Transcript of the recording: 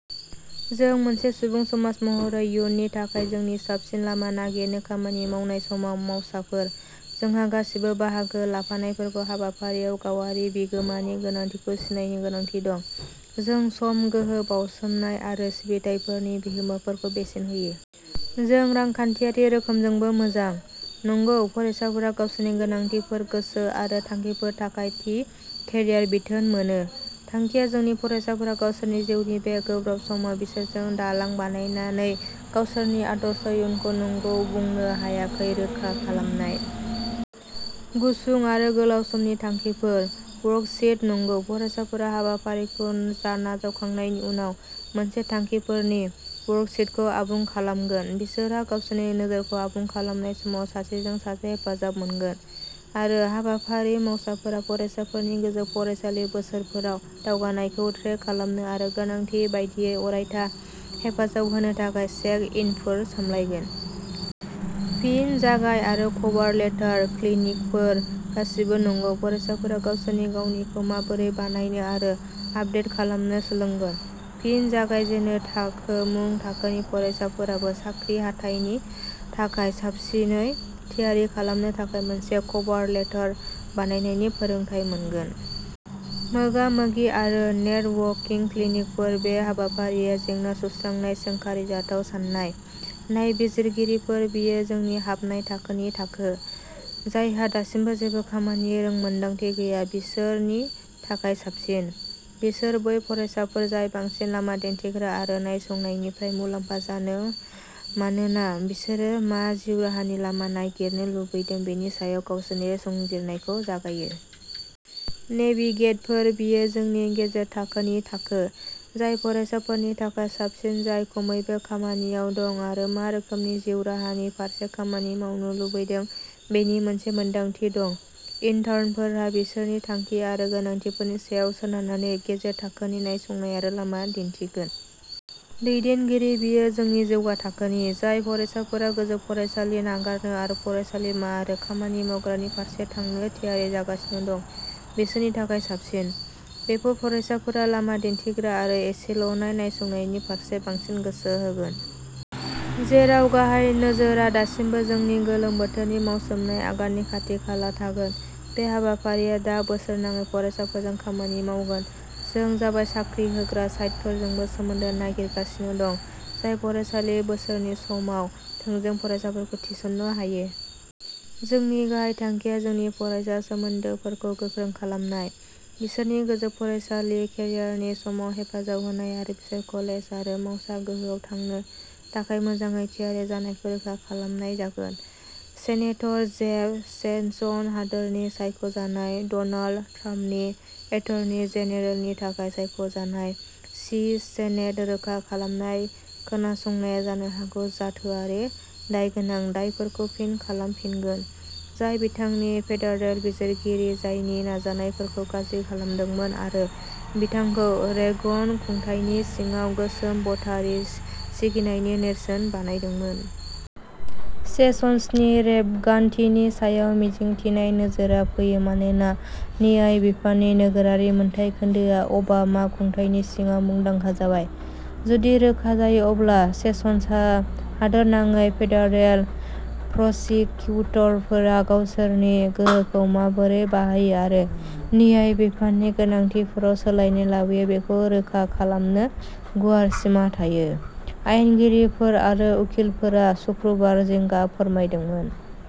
जों मोनसे सुबुं समाज महरै इयुननि थाखाय जोंनि साबसिन लामा नागिरनो खामानि मावनाय समाव मावसाफोर। जोंहा गासिबो बाहागो लाफानायफोरखौ हाबाफारियाव गावारि बिहोमानि गोनांथिखौ सिनायनो गोनांथि दं। जों सम, गोहो, बाउसोमनाय आरो सिबिथाइफोरनि बिहोमाफोरखौ बेसेन होयो। जों रांखान्थियारि रोखोमजोंबो मोजां। नंगौ फरायसाफोरा गावसोरनि गोनांथिफोर, गोसो आरो थांखिफोरनि थाखाय थि केरियार बिथोन मोनो। थांखिया जोंनि फरायसाफोरा गावसोरनि जिउनि बे गोब्राब समाव बिसोरजों दालां बानायनानै गावसोरनि आदर्श इयुनखौ नंगौ बुंनो हानायखौ रोखा खालामनाय। गुसुं आरो गोलाव समनि थांखिफोर वर्कशीट नंगौ फरायसाफोरा हाबाफारिखौ नाजावखांनायनि उनाव मोनसे थांखिफोरनि वर्कशीटखौ आबुं खालामगोन। बिसोरहा गावसोरनि नोजोरखौ आबुं खालामनाय समाव सासेजों सासे हेफाजाब मोनगोन, आरो हाबाफारि मावसाफोरा फरायसाफोरनि गोजौ फरायसालि बोसोरफोराव दावगानायखौ ट्रेक खालामनो आरो गोनांथि बायदियै अरायथा हेफाजाब होनो थाखाय चेक इनफोर सामलायगोन। फिन जागाय आरो कभार लेटार क्लिनिकफोर गासिबो नंगौ फरायसाफोरा गावसोरनि गावनिखौ माबोरै बानायनो आरो आपदेट खालामनो सोलोंगोन। फिन जागायजेनो थाखो मुं थाखोनि फरायसाफोराबो साख्रि हाथाइनि थाखाय साबसिनै थियारि खालामनो थाखाय मोनसे कभार लेटर बानायनायनि फोरोंथाय मोनगोन। मोगा-मोगि आरो नेटवर्किं क्लिनिकफोर बे हाबाफारिया जेंना सुस्रांनाय सोंखारिजाथाव साननाय। नायबिजिरगिरिफोर बेयो जोंनि हाबनाय थाखोनि थाखो, जायहा दासिमबो जेबो खामानि रोंमोन्दांथि गैया बिसोरनि थाखाय साबसिन। बिसोर बै फरायसाफोर जाय बांसिन लामा दिन्थिग्रा आरो नायसंनायनिफ्राय मुलाम्फा जागोन मानोना बिसोरो मा जिउ राहानि लामा नागिरनो लुबैदों बेनि सायाव गावसोरनि संजिरनायखौ जागायो। नेभिगेटरफोर बेयो जोंनि गेजेर थाखोनि थाखो, जाय फरायसाफोरनि थाखाय साबसिन जाय खमैबो खामानियाव दं आरो मा रोखोमनि जिउ राहानि फारसे खामानि मावनो लुबैदों बेनि मोनसे मोनदांथि दं। इन्टार्नफोरहा बिसोरनि थांखि आरो गोनांथिफोरनि सायाव सोनारनानै गेजेर थाखोनि नायसंनाय आरो लामा दिन्थिगोन। दैदेनगिरि बेयो जोंनि जौगा थाखोनि, जाय फरायसाफोरा गोजौ फरायसालि नागारनो आरो फरायसालिमा आरो खामानि मावग्रानि फारसे थांनो थियारि जागासिनो दं बिसोरनि थाखाय साबसिन। बेफोर फरायसाफोरा लामा दिन्थिग्रा आरो एसेल'नाय नायसंनायनि फारसे बांसिन गोसो होगोन। जेराव गाहाय नोजोरआ दासिमबो जोंनि गोलोम बोथोरनि मावसोमनाय आगाननि खाथि खाला थागोन, बे हाबाफारिया दा बोसोरनाङै फरायसाफोरजों खामानि मावगोन। जों जाबाय साख्रि होग्रा साइटफोरजोंबो सोमोन्दो नागिरगासिनो दं, जाय फरायसालि बोसोरनि समाव थोंजों फरायसाफोरखौ थिसननो हायो। जोंनि गाहाय थांखिया जोंनि फरायसा सोमोन्दोफोरखौ गोख्रों खालामनाय, बिसोरनि गोजौ फरायसालि केरियारनि समाव हेफाजाब होनाय आरो बिसोर कलेज आरो मावसा गोहोआव थांनो थाखाय मोजाङै थियारि जानायखौ रोखा खालामनाय जागोन। सेनेटर जेफ सेसन्स, हादोरगिरि-सायख' जानाय डनाल्ड ट्राम्पनि एटर्नी जेनेरेलनि थाखाय सायख' जानाय, नि सेनेट रोखा खालामनाय खोनासंनाया जानो हागौ जाथोआरि दायगोनां दायफोरखौ फिन खालामफिनगोन, जाय बिथांनि फेडारेल बिजिरगिरि जानायनि नाजानायफोरखौ गाज्रि खालामदोंमोन आरो बिथांखौ रेगन खुंथायनि सिङाव गोसोम भटारि सिगिनायनि नेरसोन बानायदोंमोन। सेसन्सनि रेबगान्थिनि सायाव मिजिंथिनाय नोजोरआ फैयो मानोना न्याय बिफाननि नोगोरारि मोनथाय खोन्दोआ अबामा खुंथायनि सिङाव मुंदांखा जाबाय। जुदि रोखा जायो, अब्ला सेसन्सहा हादोरनाङै फेडारेल प्रसिकिउटरफोरा गावसोरनि गोहोखौ माबोरै बाहायो आरो न्याय बिफाननि गोनांथिफोराव सोलायनाय लाबोयो बेखौ रोखा खालामनो गुवार सिमा थायो। आयेनगिरिफोर आरो उकिलफोरा सुक्रुबार जिंगा फोरमायदोंमोन।